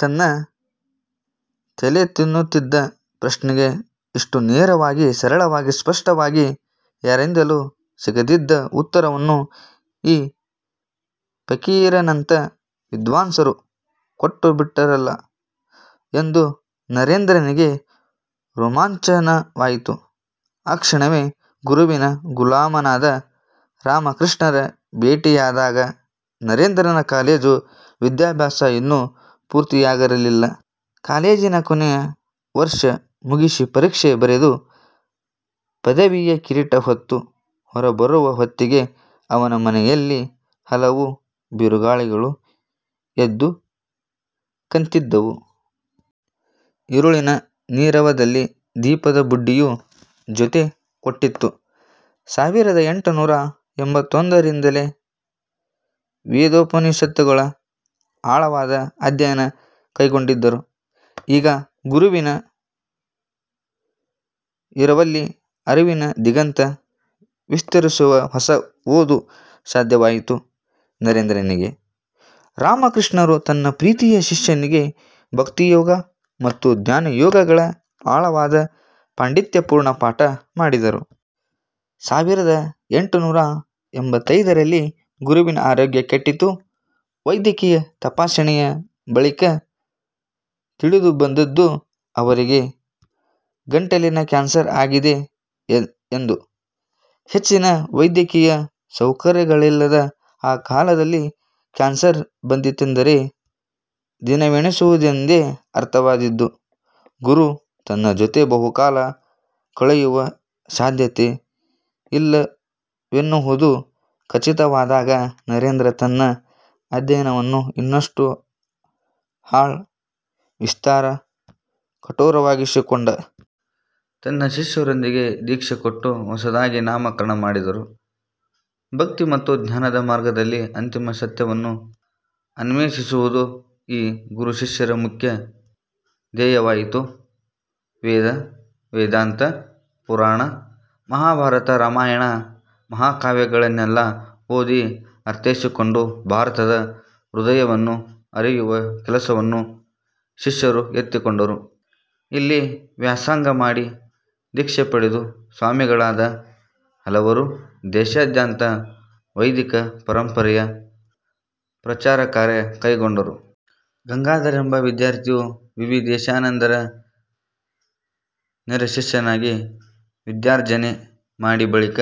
ತನ್ನ ತಲೆತಿನ್ನುತ್ತಿದ್ದ ಪ್ರಶ್ನೆಗೆ ಇಷ್ಟು ನೇರವಾಗಿ ಸರಳವಾಗಿ ಸ್ಪಷ್ಟವಾಗಿ ಯಾರಿಂದಲೂ ಸಿಗದಿದ್ದ ಉತ್ತರವನ್ನು ಈ ಫಕೀರನಂಥ ವಿದ್ವಾಂಸರು ಕೊಟ್ಟುಬಿಟ್ಟರಲ್ಲ ಎಂದು ನರೇಂದ್ರನಿಗೆ ರೋಮಾಂಚನವಾಯಿತು. ಆ ಕ್ಷಣವೇ ಗುರುವಿನ ಗುಲಾಮನಾದ. ರಾಮಕೃಷ್ಣರ ಭೇಟಿಯಾದಾಗ ನರೇಂದ್ರನ ಕಾಲೇಜು ವಿದ್ಯಾಭ್ಯಾಸ ಇನ್ನೂ ಪೂರ್ತಿಯಾಗಿರಲಿಲ್ಲ. ಕಾಲೇಜಿನ ಕೊನೆಯ ವರ್ಷ ಮುಗಿಸಿ ಪರೀಕ್ಷೆ ಬರೆದು ಪದವಿಯ ಕಿರೀಟ ಹೊತ್ತು ಹೊರಬರುವ ಹೊತ್ತಿಗೆ ಅವನ ಮನೆಯಲ್ಲಿ ಹಲವು ಬಿರುಗಾಳಿಗಳು ಎದ್ದು ಕಂತಿದ್ದವು. ಇರುಳಿನ ನೀರವದಲ್ಲಿ ದೀಪದ ಬುಡ್ಡಿಯು ಜೊತೆ ಕೊಟ್ಟಿತು. ಸಾವಿರದ ಎಂಟುನೂರ ಎಂಬತ್ತೊಂದರಿಂದಲೇ ವೇದೋಪನಿಷತ್ತುಗಳ ಆಳವಾದ ಅಧ್ಯಯನ ಕೈಗೊಂಡಿದ್ದರೂ ಈಗ ಗುರುವಿನ ಇರವಲ್ಲಿ ಅರಿವಿನ ದಿಗಂತ ವಿಸ್ತರಿಸುವ ಹೊಸ ಓದು ಸಾಧ್ಯವಾಯಿತು ನರೇಂದ್ರನಿಗೆ. ರಾಮಕೃಷ್ಣರು ತನ್ನ ಪ್ರೀತಿಯ ಶಿಷ್ಯನಿಗೆ ಭಕ್ತಿಯೋಗ ಮತ್ತು ಜ್ಞಾನಯೋಗಗಳ ಆಳವಾದ ಪಾಂಡಿತ್ಯಪೂರ್ಣ ಪಾಠ ಮಾಡಿದರು. ಸಾವಿರದ ಎಂಟುನೂರ ಎಂಬತ್ತೈದರಲ್ಲಿ ಗುರುವಿನ ಆರೋಗ್ಯ ಕೆಟ್ಟಿತು. ವೈದ್ಯಕೀಯ ತಪಾಸಣೆಯ ಬಳಿಕ ತಿಳಿದುಬಂದದ್ದು ಅವರಿಗೆ ಗಂಟಲಿನ ಕ್ಯಾನ್ಸರ್ ಆಗಿದೆ ಎಂದು. ಹೆಚ್ಚಿನ ವೈದ್ಯಕೀಯ ಸೌಕರ್ಯಗಳಿಲ್ಲದ ಆ ಕಾಲದಲ್ಲಿ ಕ್ಯಾನ್ಸರ್ ಬಂತೆಂದರೆ ದಿನವೆಣಿಸುವುದೆಂದೇ ಅರ್ಥವಿದ್ದದ್ದು. ಗುರು ತನ್ನ ಜೊತೆ ಬಹುಕಾಲ ಕಳೆಯುವ ಸಾಧ್ಯತೆ ಇಲ್ಲವೆನ್ನುವುದು ಖಚಿತವಾದಾಗ ನರೇಂದ್ರ ತನ್ನ ಅಧ್ಯಯನವನ್ನು ಇನ್ನಷ್ಟು ಆಳ, ವಿಸ್ತಾರ, ಕಠೋರವಾಗಿಸಿಕೊಂಡ. ತನ್ನ ಶಿಷ್ಯಂದಿರಿಗೆ ದೀಕ್ಷೆ ಕೊಟ್ಟು ಹೊಸದಾಗಿ ನಾಮಕರಣ ಮಾಡಿದರು. ಭಕ್ತಿ ಮತ್ತು ಜ್ಞಾನದ ಮಾರ್ಗದಲ್ಲಿ ಅಂತಿಮಸತ್ಯವನ್ನು ಅನ್ವೇಷಿಸುವುದು ಈ ಗುರುಶಿಷ್ಯರ ಮುಖ್ಯ ಧ್ಯೇಯವಾಯಿತು. ವೇದ-ವೇದಾಂತ-ಪುರಾಣ, ಮಹಾಭಾರತ ರಾಮಾಯಣ ಮಹಾಕಾವ್ಯಗಳನ್ನೆಲ್ಲ ಓದಿ ಅರ್ಥೈಸಿಕೊಂಡು ಭಾರತದ ಹೃದಯವನ್ನು ಅರಿಯುವ ಕೆಲಸವನ್ನು ಶಿಷ್ಯರು ಎತ್ತಿಕೊಂಡರು. ಇಲ್ಲಿ ವ್ಯಾಸಂಗ ಮಾಡಿ ದೀಕ್ಷೆ ಪಡೆದು ಸ್ವಾಮಿಗಳಾದ ಹಲವರು ದೇಶಾದ್ಯಂತ ವೈದಿಕ ಪರಂಪರೆಯ ಪ್ರಚಾರಕಾರ್ಯ ಕೈಗೊಂಡರು. ಗಂಗಾಧರನೆಂಬ ವಿದ್ಯಾರ್ಥಿ ವಿವಿಧೀಶಾನಂದರ ನೇರಶಿಷ್ಯನಾಗಿ ವಿದ್ಯಾರ್ಜನೆ ಮಾಡಿ ಬಳಿಕ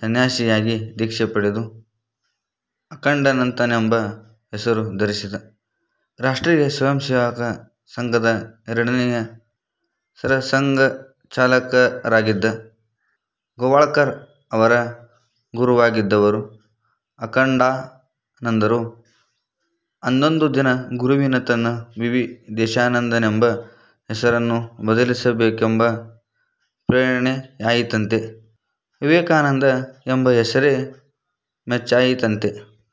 ಸಂನ್ಯಾಸಿಯಾಗಿ ದೀಕ್ಷೆ ಪಡೆದು ಅಖಂಡಾನಂದನೆಂಬ ಹೆಸರು ಧರಿಸಿದ. ರಾಷ್ಟ್ರೀಯ ಸ್ವಯಂಸೇವಕ ಸಂಘದ ಎರಡನೆ ಸರಸಂಘಚಾಲಕರಾಗಿದ್ದ ಗೋವಾಳ್ಕರ್ ಅವರ ಗುರುವಾಗಿದ್ದವರು ಅಖಂಡಾನಂದರು. ಅದೊಂದು ದಿನ ಗುರುವಿಗೆ ತನ್ನ ವಿವಿಧೀಶಾನಂದನೆಂಬ ಹೆಸರನ್ನು ಬದಲಿಸಬೇಕೆಂಬ ಪ್ರೇರಣೆಯಾಯಿತಂತೆ. ವಿವೇಕಾನಂದ ಎಂಬ ಹೆಸರೇ ಮೆಚ್ಚಾಯಿತಂತೆ.